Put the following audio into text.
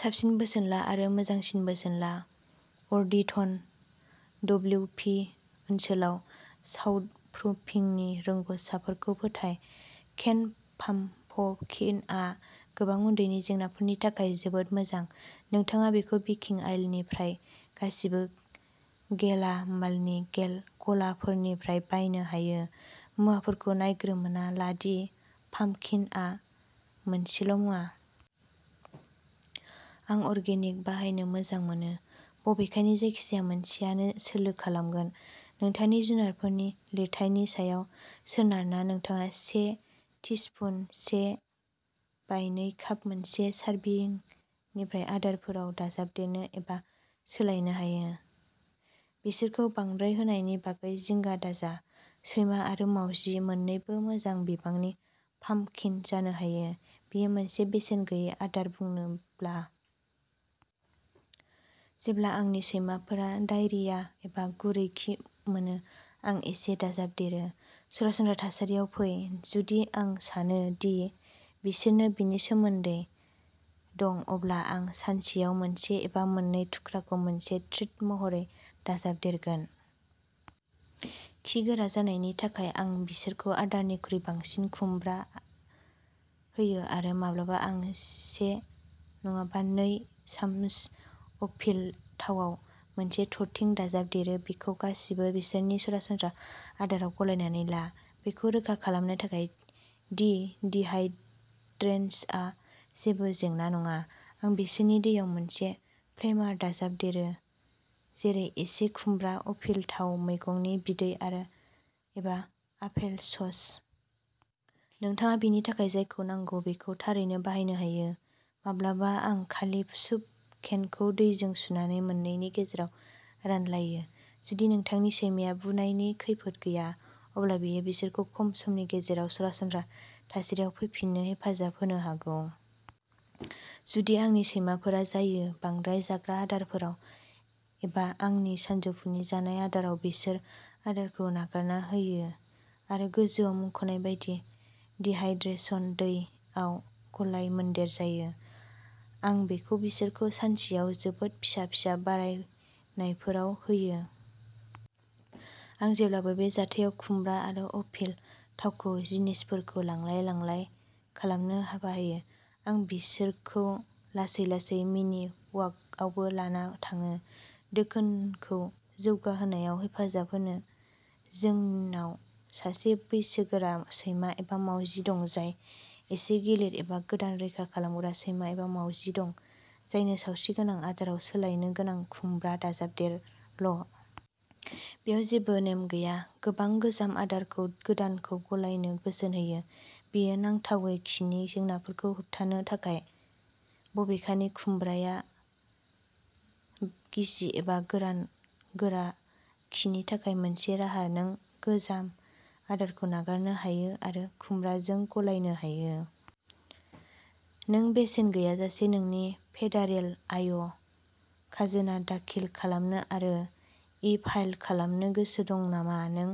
साबसिन बोसोन ला आरो मोजांसिन बोसोन ला। वर्दिंटन, डब्लिउभि ओनसोलाव साउन्डप्रुफिंनि रोंग'सारफोरखौ फोथाय। केनड पाम्पकिनआ गोबां उदैनि जेंनाफोरनि थाखाय जोबोद मोजां! नोंथाङा बेखौ बेकिंग आइलनि प्राय गासिबो गेलामालनि गलाफोरनिफ्राय बायनो हायो। मुवाफोरखौ नायग्रोमना ला दि "पाम्पकिन" आ मोनसेल'मुवा। आं अर्गेनिक बाहायनो मोजां मोनो, बबेखानि जायखिजाया मोनसेआनो सोलो खालामगोन। नोंथांनि जुनारफोरनि लिरथायनि सायाव सोनारना नोंथाङा से टिस्पुन से बाइ नै काप मोनसे सारभिंनिफ्राय आदारफोराव दाजाबदेरनो एबा सोलायनो हायो। बिसोरखौ बांद्राय होनायनि बागै जिंगा दाजा, सैमा आरो मावजि मोननैबो मोजां बिबांनि पाम्पकिन जानो हायो, बेयो मोनसे बेसेन गैयै आदार बुंनोब्ला! जेब्ला आंनि सैमाफोरा डायेरिया एबा गुरै खि मोनो, आं एसे दाजाबदेरो। सरासनस्रा थासारियाव फै। जुदि आं सानो दि बिसोरनो बेनि सोमोनदै दं, अब्ला आं सानसेयाव मोनसे एबा मोननै थुख्राखौ मोनसे ट्रिट महरै दाजाबदेरगोन। खि गोरा जानायनि थाखाय, आं बिसोरखौ आदारनिख्रुइ बांसिन खुमब्रा होयो आरो माब्लाबा आं से नङाब्ला नै सामुस अभिल थावाव मोनसे थरथिं दाजाबदेरो। बेखौ गासिबो बिसोरनि सरासनस्रा आदाराव गलायनानै ला। बेखौ रोखा खालामनो थाखाय दि डिहाइड्रेनआ जेबो जेंना नङा, आं बिसोरनि दैयाव मोनसे "फ्लेभार" दाजाबदेरो, जेरै एसे खुमब्रा, अभिल थाव, मैगंनि बिदै आरो एबा आपेलसस। नोंथाङा बेनि थाखाय जायखौ नांगौ बेखौ थारैनो बाहायनो हायो, माब्लाबा आं खालि सुप केनखौ दैजों सुनानै मोननैनि गेजेराव रानलायो। जुदि नोंथांनि सैमाया बुनायनि खैफोद गैया, अब्ला बेयो बिसोरखौ खम समनि गेजेराव "सरासनस्रा थासारियाव फैफिननो" हेफाजाब होनो हागौ। जुदि आंनि सैमाफोरा जायो। बांद्राय जाग्रा आदारफोराव एबा आंनि सानजौफुनि जानाय आदाराव, बिसोर आदारखौ नागारना होयो आरो गोजौवाव मुंख'नाय बायदि डिहाइड्रेशन दैआव गलाय-मोनदेर जायो। आं बेखौ बिसोरखौ सानसेयाव जोबोद फिसा-फिसा बारायनायफोराव होयो। आं जेब्लाबो बे जाथायाव खुमब्रा आरो अभिल थावखौ "जिनिसफोरखौ लांलाय-लांलाय" खालामनो बाहायो। आं बिसोरखौ लासै लासै मिनि वाकआवबो लाना थाङो, दोगोनखौ जौगाहोनायाव हेफाजाब होनो। जोंनाव सासे बैसोगोरा सैमा एबा मावजि दं जाय एसे गिलिर एबा गोदान रैखा खालामग्रा सैमा एबा मावजि दं जायनो सावस्रिगोनां आदाराव सोलायनो गोनां-खुमब्रा दाजाबदेरल'! बेयाव जेबो नेम गैया, गोबांआ गोजाम आदारखौ गोदानखौ गलायनो बोसोन होयो, बेयो नांथावै खिनि जेंनाफोरखौ होबथानो थाखाय। बबेखानि, खुमब्राया गिसि एबा गोरान/गोरा खिनि थाखाय मोनसे राहा, नों गोजाम आदारखौ नागारनो हायो आरो खुमब्राजों गलायनो हायो! नों बेसेन गैयाजासे नोंनि फेडारेल आय खाजोना दाखिल खालामनो आरो इ-फाइल खालामनो गोसो दं नामा? नों